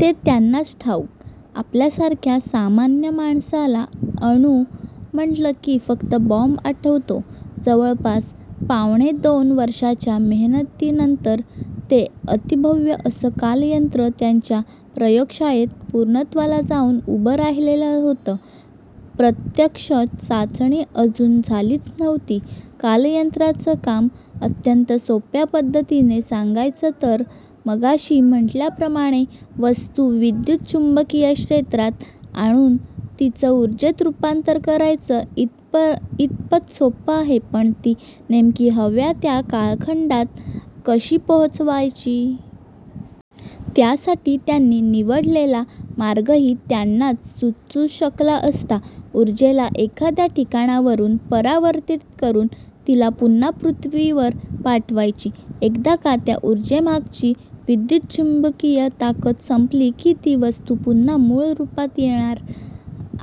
ते त्यांनाच ठाऊक, आपल्यासारख्या सामान्य माणसाला अणू म्हटलं की फक्त बॉम्ब आठवतो. जवळपास पावणेदोन वर्षाच्या मेहनतीनंतर ते अतिभव्य असं कालयंत्र त्यांच्या प्रयोगशाळेत पूर्णत्वाला जाऊन उभं राहिलेलं होतं. प्रत्यक्ष चाचणी अजून झालीच नव्हती. कालयंत्राचं काम अत्यंत सोप्या पद्धतीने सांगायचं तर, मघाशी म्हटल्याप्रमाणे वस्तू विद्युतचुंबकीय क्षेत्रात आणून तिचं ऊर्जेत रूपांतर करायचं इथपत सोपं आहे पण ती नेमकी हव्या त्या कालखंडात कशी पोहोचवायची? त्यासाठी त्यांनी निवडलेला मार्गही त्यांनाच सुचू शकला असता. ऊर्जेला एखाद्या ठिकाणावरून परावर्तित करून तिला पुन्हा पृथ्वीवर पाठवायची. एकदा का त्या ऊर्जेमागची विद्युतचुंबकीय ताकद संपली की ती वस्तू पुन्हा मूळ रूपात येणार.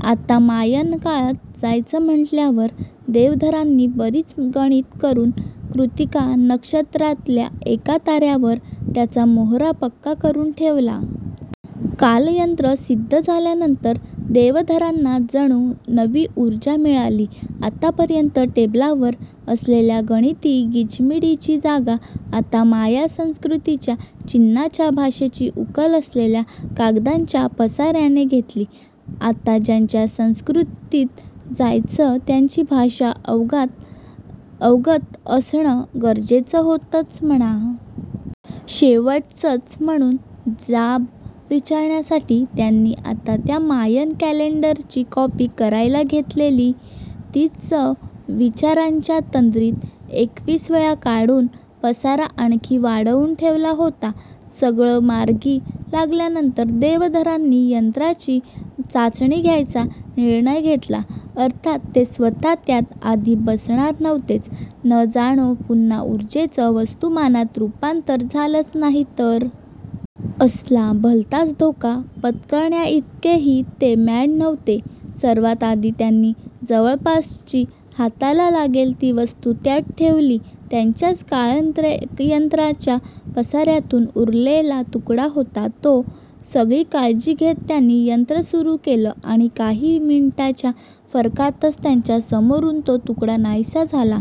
आता मायन काळात जायचं म्हटल्यावर देवधरांनी बरीच गणितं करून कृत्तिका नक्षत्रातल्या एका ताऱ्यावर त्याचा मोहरा पक्का करून ठेवला. कालयंत्र सिद्ध झाल्यानंतर देवधरांना जणू नवी ऊर्जा मिळाली. आतापर्यंत टेबलावर असलेल्या गणिती गिचमिडीची जागा आता माया संस्कृतीच्या चिन्हांच्या भाषेची उकल असलेल्या कागदांच्या पसाऱ्याने घेतली. आता ज्यांच्या संस्कृतीत जायचं त्यांची भाषा अवगत असणं गरजेचं होतंच म्हणा. शेवटचंच म्हणून जाब विचारण्यासाठी त्यांनी आत्ता त्या मायन कॅलेंडरची कॉपी करायला घेतलेली, तीच विचारांच्या तंद्रीत एकवीस वेळा काढून पसारा आणखी वाढवून ठेवला होता. सगळं मार्गी लागल्यानंतर देवधरांनी यंत्राची चाचणी घ्यायचा निर्णय घेतला. अर्थात ते स्वतः त्यात आधी बसणार नव्हतेच, न जाणो पुन्हा ऊर्जेचं वस्तुमानात रूपांतर झालंच नाही तर? असला भलताच धोका पत्करण्याइतकेही ते मॅड नव्हते. सर्वात आधी त्यांनी जवळपासची हाताला लागेल ती वस्तू त्यात ठेवली, त्यांच्याच कालयंत्राच्या पसाऱ्यातून उरलेला तुकडा होता तो. सगळी काळजी घेत त्यांनी यंत्र सुरू केलं आणि काही मिनिटांच्या फरकातच त्यांच्या समोरून तो तुकडा नाहीसा झाला.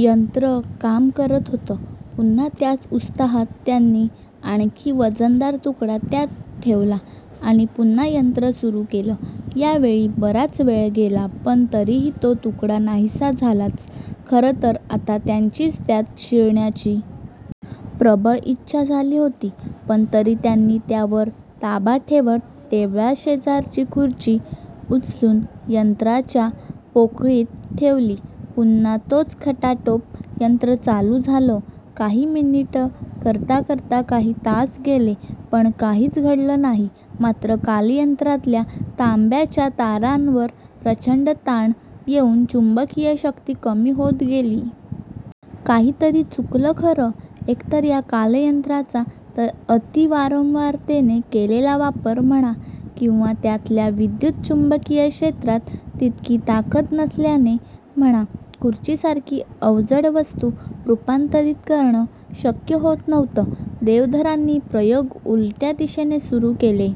यंत्र काम करत होतं. पुन्हा त्याच उत्साहात त्यांनी आणखी वजनदार तुकडा त्यात ठेवला आणि पुन्हा यंत्र सुरू केलं. यावेळी बराच वेळ गेला पण तरीही तो तुकडा नाहीसा झालाच. खरंतर आता त्यांचीच त्यात शिरण्याची प्रबळ इच्छा झाली होती, पण तरी त्यांनी त्यावर ताबा ठेवत टेबलाशेजारची खुर्ची उचलून यंत्राच्या पोकळीत ठेवली, पुन्हा तोच खटाटोप यंत्र चालू झालं काही मिनिटं करता करता काही तास गेले पण काहीच घडलं नाही, मात्र कालयंत्रातल्या तांब्याच्या तारांवर प्रचंड ताण येऊन चुंबकीय शक्ती कमी होत गेली. काहीतरी चुकलं खरं, एकतर या कालयंत्राचा अती वारंवारतेने केलेला वापर म्हणा किंवा त्यातल्या विद्युतचुंबकीय क्षेत्रात तितकी ताकद नसल्याने म्हणा खुर्चीसारखी अवजड वस्तू रूपांतरित करणं शक्य होत नव्हतं. देवधरांनी प्रयोग उलट्या दिशेने सुरू केले.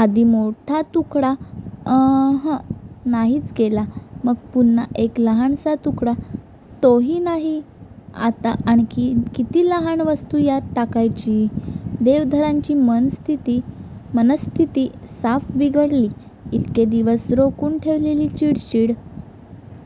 आधी मोठा तुकडा, अं हं नाहीच गेला, मग पुन्हा एक लहानसा तुकडा तो ही नाही. आता आणखी किती लहान वस्तू यात टाकायची? देवधरांची मनःस्थिती साफ बिघडली, इतके दिवस रोखून ठेवलेली चिडचिड